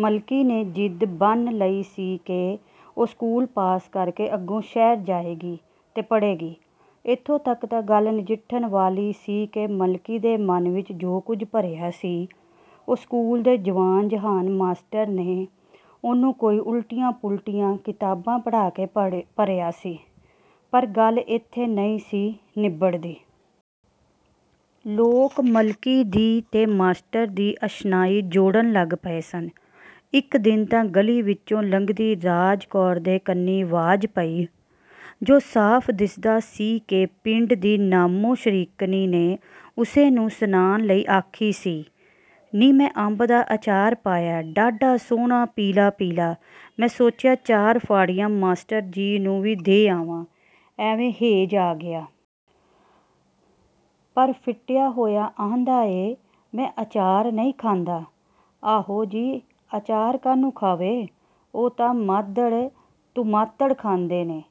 ਮਲਕੀ ਨੇ ਜ਼ਿਦ ਬੰਨ੍ਹ ਲਈ ਸੀ ਕਿ ਉਹ ਸਕੂਲ ਪਾਸ ਕਰ ਕੇ ਅੱਗੋਂ ਸ਼ਹਿਰ ਜਾਏਗੀ, ਤੇ ਪੜ੍ਹੇਗੀ। ਏਥੋਂ ਤਕ ਤਾਂ ਗੱਲ ਨਜਿੱਠਣ ਵਾਲੀ ਸੀ ਕਿ ਮਲਕੀ ਦੇ ਮਨ ਵਿਚ ਜੋ ਕੁਝ ਭਰਿਆ ਸੀ, ਉਹ ਸਕੂਲ ਦੇ ਜਵਾਨ ਜਹਾਨ ਮਾਸਟਰ ਨੇ ਉਹਨੂੰ ਕੋਈ ਉਲਟੀਆਂ ਪੁਲਟੀਆਂ ਕਿਤਾਬਾਂ ਪੜ੍ਹਾ ਕੇ ਭਰਿਆ ਸੀ, ਪਰ ਗੱਲ ਏਥੇ ਨਹੀਂ ਸੀ ਨਿੱਬੜਦੀ। ਲੋਕ ਮਲਕੀ ਦੀ ਤੇ ਮਾਸਟਰ ਦੀ ਅਸ਼ਨਾਈ ਜੋੜਨ ਲੱਗ ਪਏ ਸਨ। ਇਕ ਦਿਨ ਤਾਂ ਗਲੀ ਵਿਚੋਂ ਲੰਘਦੀ ਰਾਜ ਕੌਰ ਦੇ ਕੰਨੀਂ ਵਾਜ ਪਈ, ਜੁ ਸਾਫ਼ ਦਿਸਦਾ ਸੀ ਕਿ ਪਿੰਡ ਦੀ ਨ੍ਹਾਮੋ ਸ਼ਰੀਕਣੀ ਨੇ ਉਸੇ ਨੂੰ ਸੁਨਾਣ ਲਈ ਆਖੀ ਸੀ "ਨੀ ਮੈਂ ਅੰਬ ਦਾ ਅਚਾਰ ਪਾਇਆ, ਡਾਢਾ ਸੋਹਣਾ ਪੀਲਾ ਪੀਲਾ, ਮੈਂ ਸੋਚਿਆ ਚਾਰ ਫਾੜੀਆਂ ਮਾਸਟਰ ਜੀ ਨੂੰ ਵੀ ਦੇ ਆਵਾਂ, ਐਵੇਂ ਹੇਜ ਆ ਗਿਆ। ਪਰ ਫਿਟਿਆ ਹੋਇਆ ਆਂਹਦਾ ਏ – ਮੈਂ ਅਚਾਰ ਨਹੀਂ ਖਾਂਦਾ। ਆਹੋ ਜੀ! ਅਚਾਰ ਕਾਹਨੂੰ ਖਾਵੇ, ਉਹ ਤਾਂ ਮ੍ਹਾਦੜ ਤੁਮ੍ਹਾਤੜ ਖਾਂਦੇ ਨੇ,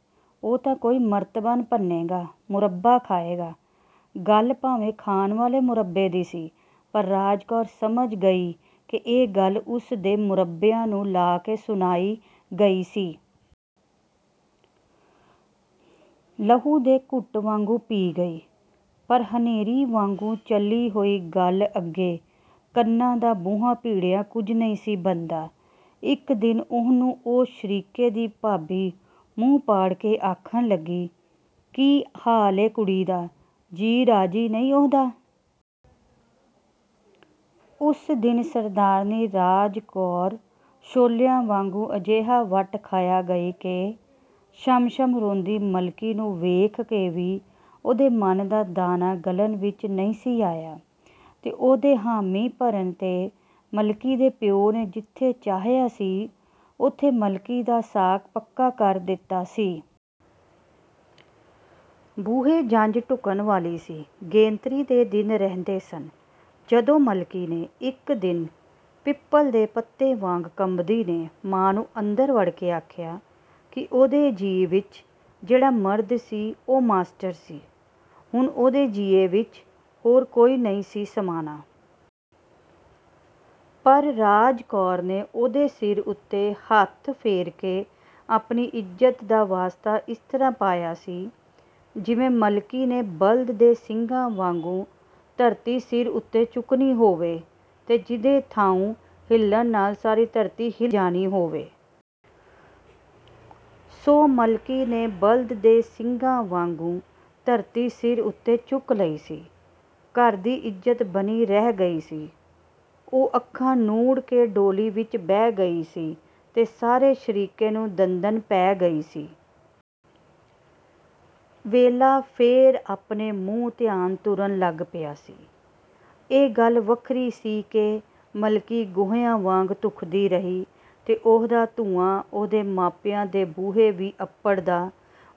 ਉਹ ਤਾਂ ਕੋਈ ਮਰਤਬਾਨ ਭੰਨੇਗਾ, ਮੁਰੱਬਾ ਖਾਏਗਾ… " ਗੱਲ ਭਾਵੇਂ ਖਾਣ ਵਾਲੇ ਮੁਰੱਬੇ ਦੀ ਸੀ, ਪਰ ਰਾਜ ਕੌਰ ਸਮਝ ਗਈ ਕਿ ਇਹ ਗੱਲ ਉਸੇ ਦੇ ਮੁਰੱਬਿਆਂ ਨੂੰ ਲਾ ਕੇ ਸੁਣਾਈ ਗਈ ਸੀ। ਲਹੂ ਦੇ ਘੁੱਟ ਵਾਂਗੂੰ ਪੀ ਗਈ। ਪਰ ਹਨੇਰੀ ਵਾਂਗੂੰ ਚੱਲੀ ਹੋਈ ਗੱਲ ਅੱਗੇ ਕੰਨਾਂ ਦਾ ਬੂਹਾ ਭੀੜਿਆਂ ਕੁਝ ਨਹੀਂ ਸੀ ਬਣਦਾ। ਇਕ ਦਿਨ ਉਹਨੂੰ ਉਹ ਸ਼ਰੀਕੇ ਦੀ ਭਾਬੀ ਮੂੰਹ ਪਾੜ ਕੇ ਆਖਣ ਲੱਗੀ – "ਕੀ ਹਾਲ ਏ ਕੁੜੀ ਦਾ, ਜੀ ਰਾਜੀ ਨਹੀਂ ਉਹਦਾ? " ਉਸ ਦਿਨ ਸਰਦਾਰਨੀ ਰਾਜ ਕੌਰ ਛੋਲਿਆਂ ਵਾਂਗੂੰ ਅਜਿਹਾ ਵੱਟ ਖਆ ਗਈ ਕਿ ਛਮ ਛਮ ਰੋਂਦੀ ਮਲਕੀ ਨੂੰ ਵੇਖ ਕੇ ਵੀ ਉਹਦੇ ਮਨ ਦਾ ਦਾਣਾ ਗਲਣ ਵਿਚ ਨਹੀਂ ਸੀ ਆਇਆ। ਤੇ ਉਹਦੇ ਹਾਮੀ ਭਰਨ ਤੇ ਮਲਕੀ ਦੇ ਪਿਉ ਨੇ ਜਿਥੇ ਚਾਹਿਆ ਸੀ, ਉਥੇ ਮਲਕੀ ਦਾ ਸਾਕ ਪੱਕਾ ਕਰ ਦਿੱਤਾ ਸੀ। ਬੂਹੇ ਜੰਝ ਢੁੱਕਣ ਵਾਲੀ ਸੀ, ਗੇਣਤਰੀ ਦੇ ਦਿਨ ਰਹਿੰਦੇ ਸਨ, ਜਦੋਂ ਮਲਕੀ ਨੇ, ਇਕ ਦਿਨ ਪਿੱਪਲ ਦੇ ਪੱਤੇ ਵਾਂਗ ਕੰਬਦੀ ਨੇ, ਮਾਂ ਨੂੰ ਅੰਦਰ ਵੜ ਕੇ ਆਖਿਆ ਕਿ ਉਹਦੇ ਜੀਅ ਵਿਚ ਜਿਹੜਾ ਮਰਦ ਸੀ, ਉਹ ਮਾਸਟਰ ਸੀ, ਹੁਣ ਉਹਦੇ ਜੀਏ ਵਿਚ ਹੋਰ ਕੋਈ ਨਹੀਂ ਸੀ ਸਮਾਣਾ। ਪਰ ਰਾਜ ਕੌਰ ਨੇ ਉਹਦੇ ਸਿਰ ਉਤੇ ਹੱਥ ਫੇਰ ਕੇ ਆਪਣੀ ਇੱਜ਼ਤ ਦਾ ਵਾਸਤਾ ਇਸ ਤਰ੍ਹਾਂ ਪਾਇਆ ਸੀ – ਜਿਵੇਂ ਮਲਕੀ ਨੇ ਬਲਦ ਦੇ ਸਿੰਗਾਂ ਵਾਂਗੂੰ ਧਰਤੀ ਸਿਰ ਉਤੇ ਚੁੱਕਣੀ ਹੋਵੇ, ਤੇ ਜਿਹਦੇ ਥਾਉਂ ਹਿੱਲਣ ਨਾਲ ਸਾਰੀ ਧਰਤੀ ਹਿੱਲ ਜਾਣੀ ਹੋਵੇ। ਸੋ ਮਲਕੀ ਨੇ ਬਲਦ ਦੇ ਸਿੰਗਾਂ ਵਾਂਗੂੰ ਧਰਤੀ ਸਿਰ ਉਤੇ ਚੁੱਕ ਲਈ ਸੀ। ਘਰ ਦੀ ਇੱਜ਼ਤ ਬਣੀ ਰਹਿ ਗਈ ਸੀ। ਉਹ ਅੱਖਾਂ ਨੂੜ ਕੇ ਡੋਲੀ ਵਿਚ ਬਹਿ ਗਈ ਸੀ ਤੇ ਸਾਰੇ ਸ਼ਰੀਕੇ ਨੂੰ ਦੰਦਣ ਪੈ ਗਈ ਸੀ। ਵੇਲਾ ਫੇਰ ਆਪਣੇ ਮੂੰਹ ਧਿਆਨ ਤੁਰਨ ਲੱਗ ਪਿਆ ਸੀ। ਇਹ ਗੱਲ ਵੱਖਰੀ ਸੀ ਕਿ ਮਲਕੀ ਗੋਹਿਆਂ ਵਾਂਗ ਧੁਖਦੀ ਰਹੀ, ਤੇ ਉਹਦਾ ਧੂੰਆਂ ਉਹਦੇ ਮਾਪਿਆਂ ਦੇ ਬੂਹੇ ਵੀ ਅੱਪੜਦਾ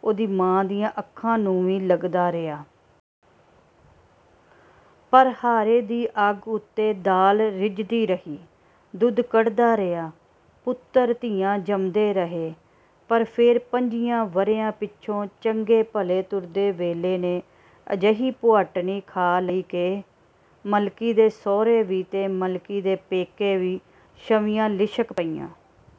ਉਹਦੀ ਮਾਂ ਦੀਆਂ ਅੱਖਾਂ ਨੂੰ ਵੀ ਲਗਦਾ ਰਿਹਾ। ਪਰ ਹਾਰੇ ਦੀ ਅੱਗ ਉੱਤੇ ਦਾਲ ਰਿਝਦੀ ਰਹੀ, ਦੁਧ ਕੜ੍ਹਦਾ ਰਿਹਾ, ਪੁੱਤਰ ਧੀਆਂ ਜੰਮਦੇ ਰਹੇ.. ਪਰ ਫੇਰ ਪੰਝੀਆਂ ਵਰ੍ਹਿਆਂ ਪਿਛੋਂ ਚੰਗੇ ਭਲੇ ਤੁਰਦੇ ਵੇਲੇ ਨੇ ਅਜਿਹੀ ਭੁਆਟਣੀ ਖਾ ਲਈ ਕਿ ਮਲਕੀ ਦੇ ਸਹੁਰੇ ਵੀ ਤੇ ਮਲਕੀ ਦੇ ਪੇਕੇ ਵੀ ਛਵ੍ਹੀਆਂ ਲਿਸ਼ਕ ਪਈਆਂ।